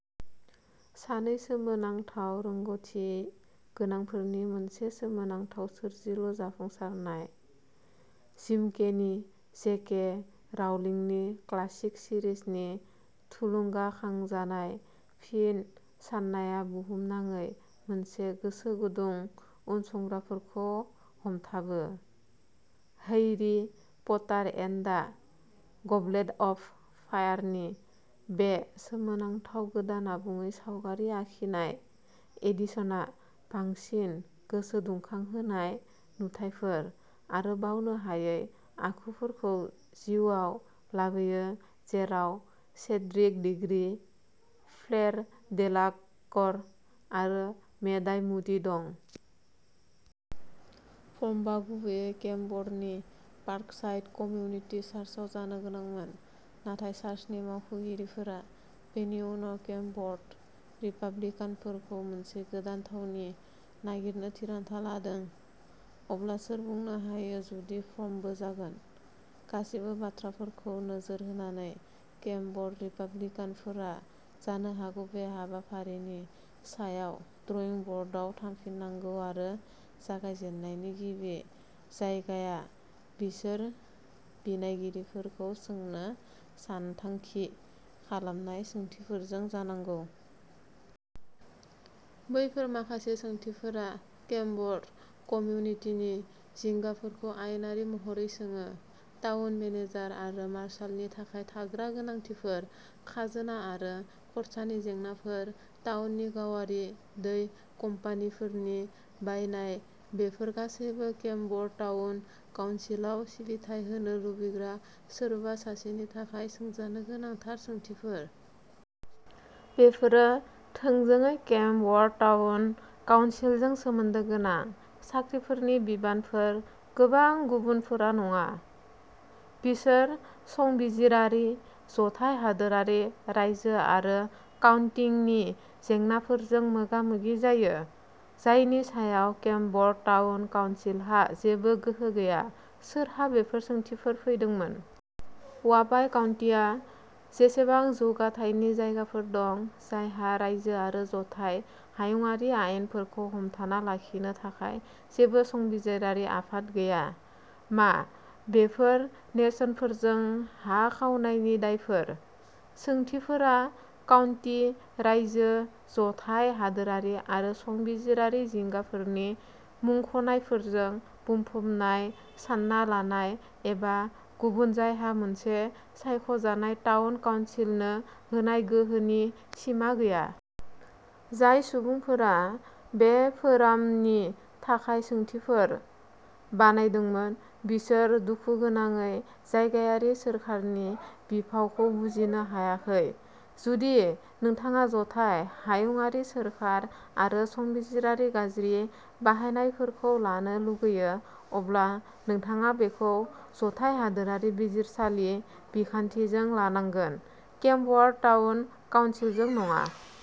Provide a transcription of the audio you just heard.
"सानै सोमोनांथाव रोंग'थि गोनांफोरनि मोनसे सोमोनांथाव सोरजिलु जाफुंसारनाय, जिम केनि जे. के. राउलिंगनि क्लासिक सिरिजनि थुलुंगाखांजानाय फिन साननाया बुहुमनाङै मोनसे गोसोगुदुं उनसंग्राफोरखौ हमथाबो। Harry Potter and the goblet of फायारनि बे सोमोनांथाव गोदान आबुङै सावगारि आखिनाय एडिशना बांसिन गोसोदुंखांहोनाय नुथायफोर आरो बावनो हायै आखुफोरखौ जिउआव लाबोयो-जेराव सेड्रिक डिग'रि, फ्लेर डेलाक'र आरो मेड-आइ मुडि दं। फोरमआ गुबैयै केम्प वर्देनि पार्कसाइड कमिउनिटि चार्चआव जानो गोनांमोन, नाथाय चार्चनि मावख'गिरिफोरा बेनि उनाव केम्प वर्दे रिपाब्लिकानफोरखौ मोनसे गोदान थावनि नागिरनो थिरांथा लादों। अब्ला सोर बुंनो हायो जुदि फोरमबो जागोन? गासैबो बाथ्राफोरखौ नोजोर होनानै, केम्प वर्दे रिपाब्लिकानफोरा जानो हागौ बे हाबाफारिनि सायाव ड्रइं बर्डआव थांफिननांगौआरो जागायजेन्नायनि गिबि जायगाया बिसोर बिनायगिरिफोरखौ सोंनो सानथांखि खालामनाय सोंथिफोरजों जानांगौ। बैफोर माखासे सोंथिफोरा केम्प वर्दे कमिउनिटिनि जिंगाफोरखौ आयेनारि महरै सोङो। टाउन मेनेजार आरो मार्शालनि थाखाय थाग्रा गोनांथिफोर। खाजोना आरो खरसानि जेंनाफोर। टाउननि गावारि दै कम्पानिफोरनि बायनाय। बेफोर गासैबो केम्प वर्दे टाउन काउन्सिलआव सिबिथाइ होनो लुबैग्रा सोरबा सासेनि थाखाय सोंजानो गोनां थार सोंथिफोर। बेफोरो थोंजोङै केम्प वर्दे टाउन काउन्सिलजों सोमोन्दो गोनां। साख्रिफोरनि बिबानफोर। गोबां गुबुनफोरा नङा। बिसोर संबिजिरारि, जथाय हादोरारि, रायजो आरो काउन्टीनि जेंनाफोरजों मोगा-मोगि जायो, जायनि सायाव केम्प वर्दे टाउन काउन्सिलहा जेबो गोहो गैया। सोरहा बेफोर सोंथिफोर फैदोंमोन? "यावापाइ काउन्टीआव बेसेबां जौगाथायनि जायगाफोर दं जायहा रायजो आरो जथाय हायुंआरि आयेनफोरखौ हमथाना लाखिनो थाखाय जेबो संबिजिरारि आफाद गैया? मा बेफोर नेरसोनफोरजों हा खावनायनि दायफोर? सोंथिफोरा काउन्टी, रायजो, जथाय हादोरारि आरो संबिजिरारि जिंगाफोरनि मुंख'नायफोरजों बुंफबनाय-सानना लानाय एबा गुबुन-जायहा मोनसे सायख'जानाय टाउन काउन्सिलनो होनाय गोहोनि सिमा गैया। जाय सुबुंफोरा बे फोरामनि थाखाय सोंथिफोर बानायदोंमोन बिसोर दुखुगोनाङै जायगायारि सोरखारनि बिफावखौ बुजिनो हायाखै। जुदि नोंथाङा जथाय हायुंआरि सोरखार आरो संबिजिरारि गाज्रि बाहायनायफोरखौ लानो लुगैयो, अब्ला नोंथाङा बेखौ जथाय हादोरारि बिजिरसालि बिखान्थिजों लानांगोन, केम्प वर्दे टाउन काउन्सिलजों नङा।